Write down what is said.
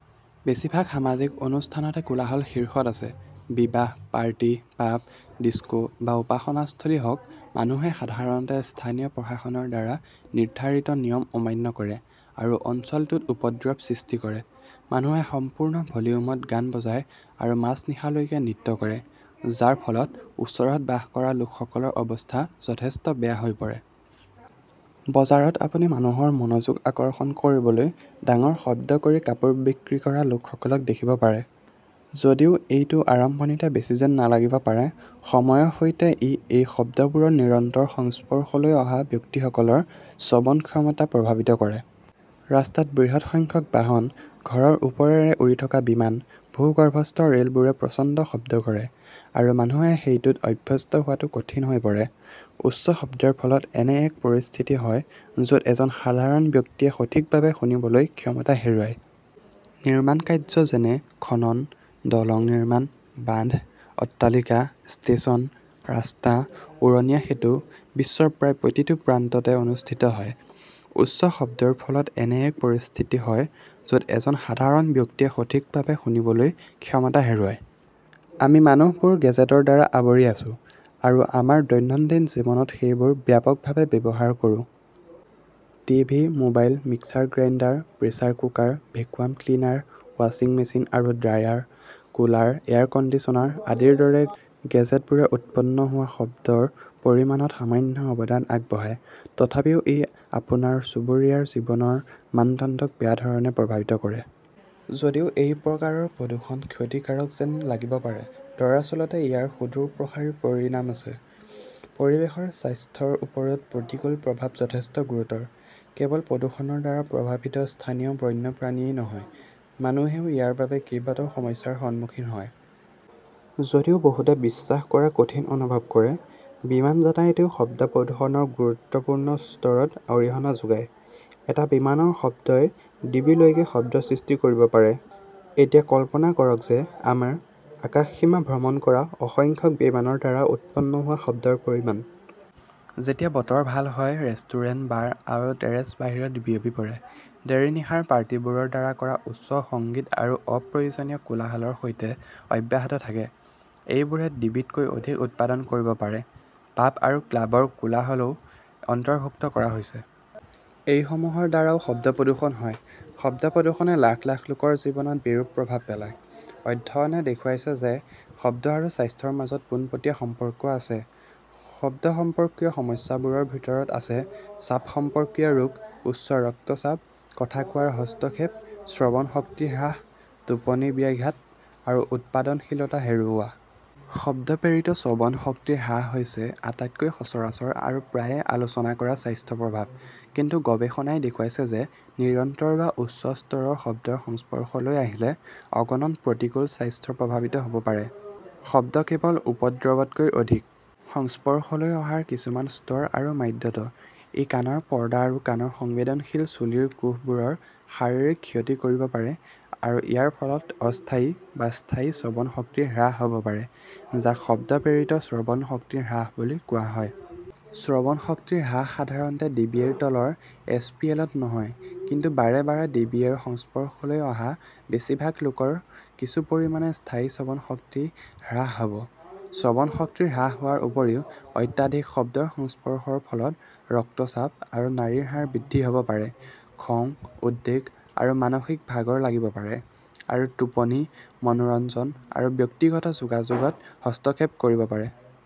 বেছিভাগ সামাজিক অনুষ্ঠানতে কোলাহল শীৰ্ষত আছে। বিবাহ, পাৰ্টি, পাব, ডিস্ক বা উপাসনাস্থলী হওঁক, মানুহে সাধাৰণতে স্থানীয় প্ৰশাসনৰ দ্বাৰা নিৰ্ধাৰিত নিয়ম অমান্য কৰে আৰু অঞ্চলটোত উপদ্ৰৱ সৃষ্টি কৰে। মানুহে সম্পূৰ্ণ ভলিউমত গান বজায় আৰু মাজনিশালৈকে নৃত্য কৰে, যাৰ ফলত ওচৰত বাস কৰা লোকসকলৰ অৱস্থা যথেষ্ট বেয়া হৈ পৰে। বজাৰত, আপুনি মানুহৰ মনোযোগ আকৰ্ষণ কৰিবলৈ ডাঙৰ শব্দ কৰি কাপোৰ বিক্ৰী কৰা লোকসকলক দেখিব পাৰে। যদিও এইটো আৰম্ভণিতে বেছি যেন নালাগিব পাৰে, সময়ৰ সৈতে, ই এই শব্দবোৰৰ নিৰন্তৰ সংস্পৰ্শলৈ অহা ব্যক্তিসকলৰ শ্ৰৱণ ক্ষমতা প্ৰভাৱিত কৰে। ৰাস্তাত বৃহৎ সংখ্যক বাহন, ঘৰৰ ওপৰেৰে উৰি থকা বিমান, ভূগৰ্ভস্থ ৰেলবোৰে প্ৰচণ্ড শব্দ কৰে, আৰু মানুহে সেইটোত অভ্যস্ত হোৱাটো কঠিন হৈ পৰে। উচ্চ শব্দৰ ফলত এনে এক পৰিস্থিতি হয় য'ত এজন সাধাৰণ ব্যক্তিয়ে সঠিকভাৱে শুনিবলৈ ক্ষমতা হেৰুৱয়। নিৰ্মাণকাৰ্যযেনে খনন, দলং নিৰ্মাণ, বান্ধ, অট্টালিকা, ষ্টেচন, ৰাস্তা, উৰণীয়া সেঁতু বিশ্বৰ প্ৰায় প্ৰতিটো প্ৰান্ততে অনুষ্ঠিত হয়। উচ্চ শব্দৰ ফলত এনে এক পৰিস্থিতি হয় য'ত এজন সাধাৰণ ব্যক্তিয়ে সঠিকভাৱে শুনিবলৈ ক্ষমতা হেৰুৱায়। আমি মানুহবোৰ গেজেটৰ দ্বাৰা আৱৰি আছোঁ আৰু আমাৰ দৈনন্দিন জীৱনত সেইবোৰ ব্যাপকভাৱে ব্যৱহাৰ কৰোঁ। TV, mobile, mixer grinder, pressure cooker, vacuum cleaner, ৱাছিং মেচিন আৰু ড্ৰায়াৰ, কুলাৰ, এয়াৰ কণ্ডিচনাৰ আদিৰ দৰে গেজেটবোৰে উৎপন্ন হোৱা শব্দৰ পৰিমাণত সামান্য অৱদান আগবঢ়ায়। তথাপিও, ই আপোনাৰ চুবুৰীয়াৰ জীৱনৰ মানদণ্ডক বেয়াধৰণে প্ৰভাৱিত কৰে। যদিও এই প্ৰকাৰৰ প্ৰদূষণ ক্ষতিকাৰক যেন লাগিব পাৰে, দৰাচলতে ইয়াৰ সুদূৰপ্ৰসাৰী পৰিণাম আছে। পৰিৱেশৰ স্বাস্থ্যৰ ওপৰত প্ৰতিকূল প্ৰভাৱ যথেষ্ট গুৰুতৰ। কেৱল প্ৰদূষণৰ দ্বাৰা প্ৰভাৱিত স্থানীয় বন্যপ্ৰাণীই নহয়, মানুহেও ইয়াৰ বাবে কেইবাটাও সমস্যাৰ সন্মুখীন হয়। যদিও বহুতে বিশ্বাস কৰাকঠিন অনুভৱ কৰে, বিমান যাতায়তেও শব্দ প্ৰদূষণৰ গুৰুত্বপূৰ্ণ স্তৰত অৰিহণা যোগায়। এটা বিমানৰ শব্দই ডিবি লৈকে শব্দ সৃষ্টি কৰিব পাৰে। এতিয়া, কল্পনা কৰক যে আমাৰ আকাশসীমাভ্ৰমণ কৰা অসংখ্য বিমানৰ দ্বাৰা উৎপন্ন হোৱা শব্দৰ পৰিমাণ। যেতিয়া বতৰ ভাল হয়, ৰেষ্টুৰেণ্ট, বাৰ আৰু টেৰেচ বাহিৰত বিয়পি পৰে। দেৰি নিশাৰ পাৰ্টিবোৰৰ দ্বাৰা কৰা উচ্চ সংগীত আৰু অপ্ৰয়োজনীয় কোলাহলৰ সৈতে অব্যাহত থাকে। এইবোৰে ডিবিতকৈ অধিক উৎপাদন কৰিব পাৰে। পাব আৰু ক্লাবৰ কোলাহলও অন্তৰ্ভুক্ত কৰা হৈছে। এই সমূহৰ দ্বাৰাও শব্দ প্ৰদূষণ হয়। শব্দ প্ৰদূষণে লাখ লাখ লোকৰ জীৱনত বিৰূপ প্ৰভাৱ পেলায়। অধ্যয়নে দেখুৱাইছে যে শব্দ আৰু স্বাস্থ্যৰ মাজত পোনপটীয়া সম্পৰ্ক আছে। শব্দ সম্পৰ্কীয় সমস্যাবোৰৰ ভিতৰত আছে চাপ সম্পৰ্কীয় ৰোগ, উচ্চ ৰক্তচাপ, কথা কোৱাৰ হস্তক্ষেপ, শ্ৰৱণ শক্তি হ্ৰাস, টোপনিব্যাঘাত, আৰু উৎপাদনশীলতা হেৰুওৱা। শব্দ প্ৰেৰিত শ্ৰৱণ শক্তি হ্ৰাস হৈছে আটাইতকৈ সচৰাচৰ আৰু প্ৰায়ে আলোচনা কৰা স্বাস্থ্যপ্ৰভাৱ, কিন্তু গৱেষণাই দেখুৱাইছে যে নিৰন্তৰ বা উচ্চ স্তৰৰ শব্দৰ সংস্পৰ্শলৈ আহিলে অগণন প্ৰতিকূল স্বাস্থ্য প্ৰভাৱিত হ'ব পাৰে। শব্দ কেৱল উপদ্ৰৱতকৈ অধিক। সংস্পৰ্শলৈ অহাৰ কিছুমান স্তৰ আৰু ম্যাদত, ই কাণৰ পৰ্দা আৰু কাণৰ সংবেদনশীল চুলিৰ কোষবোৰৰ শাৰীৰিক ক্ষতি কৰিব পাৰে আৰু ইয়াৰ ফলত অস্থায়ী বা স্থায়ী শ্ৰৱণ শক্তি হ্ৰাস হ'ব পাৰে, যাক শব্দ-প্ৰেৰিত শ্ৰৱণ শক্তি হ্ৰাস বুলি কোৱা হয়। শ্ৰৱণ শক্তি হ্ৰাস সাধাৰণতে ডিবিএ-ৰ তলৰ এছ. পি. এল. -ত নহয়, কিন্তু বাৰে বাৰে ডি. বি. এ. -ৰ সংস্পৰ্শলৈ অহা বেছিভাগ লোকৰ কিছু পৰিমাণে স্থায়ী শ্ৰৱণ শক্তি হ্ৰাস হ'ব। শ্ৰৱণ শক্তি হ্ৰাস হোৱাৰ উপৰিও, অত্যাধিক শব্দৰ সংস্পৰ্শৰ ফলত ৰক্তচাপ আৰু নাড়ীৰ হাৰ বৃদ্ধি হ'ব পাৰে, খং, উদ্বেগ আৰু মানসিক ভাগৰ লাগিব পাৰে, আৰু টোপনি, মনোৰঞ্জন আৰু ব্যক্তিগত যোগাযোগত হস্তক্ষেপ কৰিব পাৰে।